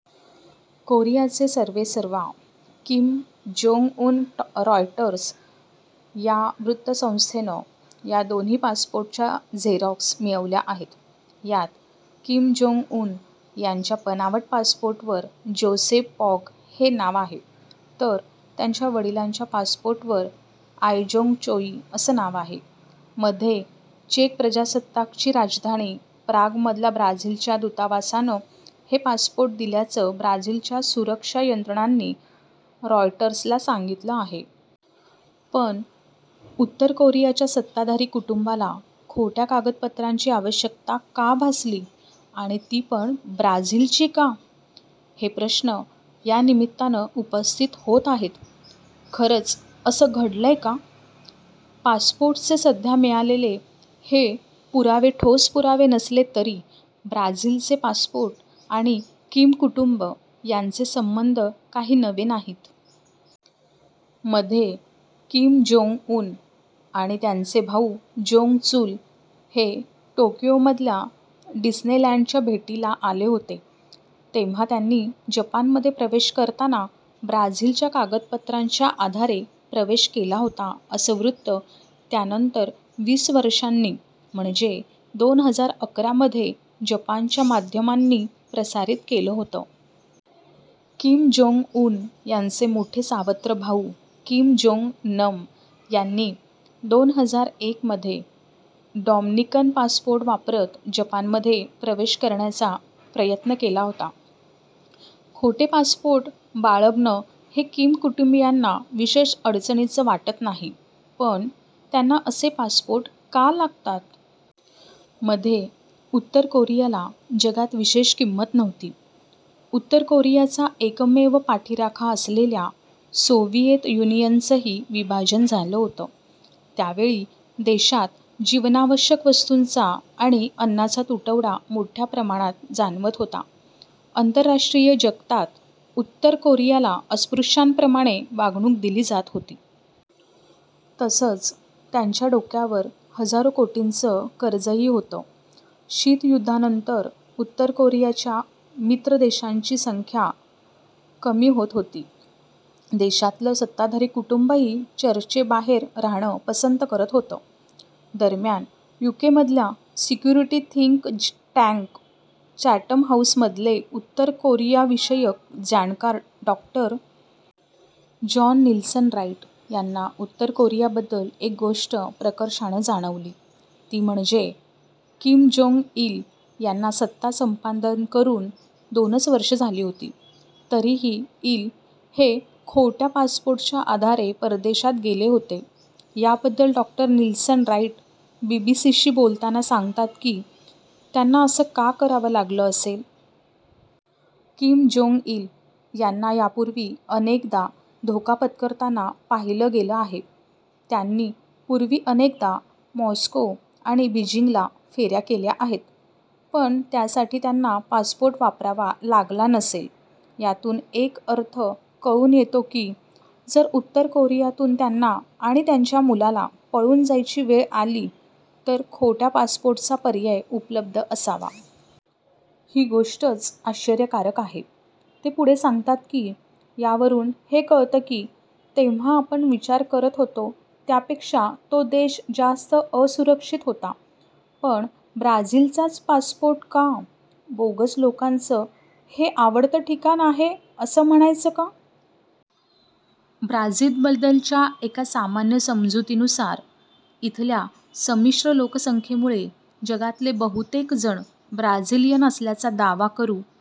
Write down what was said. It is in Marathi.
कोरियाचे सर्वेसर्वा किम जोंग-उन रॉयटर्स या वृत्तसंस्थेनं या दोन्ही पासपोर्टच्या झेरॉक्स मिळवल्या आहेत. यात किम-जोंग-उन यांच्या बनावट पासपोर्टवर 'जोसेफ पॉग' हे नाव आहे. तर, त्यांच्या वडिलांच्या पासपोर्टवर 'आयजोंग चोई' असं नाव आहे. मध्ये चेक प्रजासत्ताकची राजधानी प्रागमधल्या ब्राझीलच्या दूतावासानं हे पासपोर्ट दिल्याचं ब्राझीलच्या सुरक्षा यंत्रणांनी रॉयटर्सला सांगितलं आहे. पण, उत्तर कोरियाच्या सत्ताधारी कुटुंबाला खोट्या कागदपत्रांची आवश्यकता का भासली आणि ती पण, ब्राझीलची का? हे प्रश्न यानिमित्तानं उपस्थित होत आहेत. खरंच असं घडलंय का? पासपोर्टचे सध्या मिळालेले हे पुरावे ठोस पुरावे नसले तरी, ब्राझीलचे पासपोर्ट आणि किम कुटुंब यांचे संबंध काही नवे नाहीत. मध्ये किम-जोंग-उन आणि त्यांचे भाऊ जोंग-चुल हे टोकियोमधल्या डिस्नेलँडच्या भेटीला आले होते. तेव्हा त्यांनी जपानमध्ये प्रवेश करताना ब्राझीलच्या कागदपत्रांच्या आधारे प्रवेश केला होता असं वृत्त त्यानंतर वीस वर्षांनी म्हणजे दोन हजार अकरा मध्ये जपानच्या माध्यमांनी प्रसारीत केलं होतं. किम-जोंग-उन यांचे मोठे सावत्र भाऊ किम-जोंग-नम यांनी दोन हजार एक मध्ये डॉमनिकन पासपोर्ट वापरत जपानमध्ये प्रवेश करण्याचा प्रयत्न केला होता. खोटे पासपोर्ट बाळगणं हे किम कुटुंबीयांना विशेष अडचणीचं वाटत नाही. पण, त्यांना असे पासपोर्ट का लागतात? मध्ये उत्तर कोरियाला जगात विशेष किंमत नव्हती. उत्तर कोरियाचा एकमेव पाठीराखा असलेल्या सोव्हिएत युनियनचंही विभाजन झालं होतं. त्यावेळी देशात जीवनावश्यक वस्तूंचा आणि अन्नाचा तुटवडा मोठ्या प्रमाणात जाणवत होता. आंतरराष्ट्रीय जगतात उत्तर कोरियाला अस्पृश्यांप्रमाणे वागणूक दिली जात होती. तसंच, त्यांच्या डोक्यावर हजारो कोटींचं कर्जही होतं. शीत युद्धानंतर उत्तर कोरियाच्या मित्र देशांची संख्या कमी होत होती. देशातलं सत्ताधारी कुटुंबही चर्चेबाहेर राहणं पसंत करत होतं. दरम्यान, यूकेमधल्या सिक्युरिटी थिंक टँक 'चॅटम हाऊस'मधले उत्तर कोरियाविषयक जाणकार डॉ. जॉन निल्सन-राईट यांना उत्तर कोरियाबद्दल एक गोष्ट प्रकर्षानं जाणवली. ती म्हणजे, किम-जोंग-इल यांना सत्ता संपादन करून दोनच वर्षं झाली होती. तरीही इल हे खोट्या पासपोर्टच्या आधारे परदेशात गेले होते. याबद्दल डॉ. निल्सन-राईट बीबीसीशी बोलताना सांगतात की त्यांना असं का करावं लागलं असेल? किम-जोंग-इल यांना यापूर्वी अनेकदा धोका पत्करताना पाहिलं गेलं आहे. त्यांनी पूर्वी अनेकदा मॉस्को आणि बिजिंगला फेऱ्या केल्या आहेत. पण त्यासाठी त्यांना पासपोर्ट वापरावा लागला नसेल. यातून एक अर्थ कळून येतो की, जर उत्तर कोरियातून त्यांना आणि त्यांच्या मुलाला पळून जायची वेळ आली तर खोट्या पासपोर्टचा पर्याय उपलब्ध असावा. ही गोष्टच आश्चर्यकारक आहे. ते पुढे सांगतात की, यावरून हे कळतं की, तेव्हा आपण विचार करत होतो त्यापेक्षा तो देश जास्त असुरक्षित होता. पण ब्राझीलचाच पासपोर्ट का? बोगस लोकांचं हे आवडतं ठिकाण आहे असं म्हणायचं का? ब्राझीलबद्दलच्या एका सामान्य समजुतीनुसार, इथल्या संमिश्र लोकसंख्येमुळे जगातले बहुतेक जण ब्राझिलियन असल्याचा दावा करू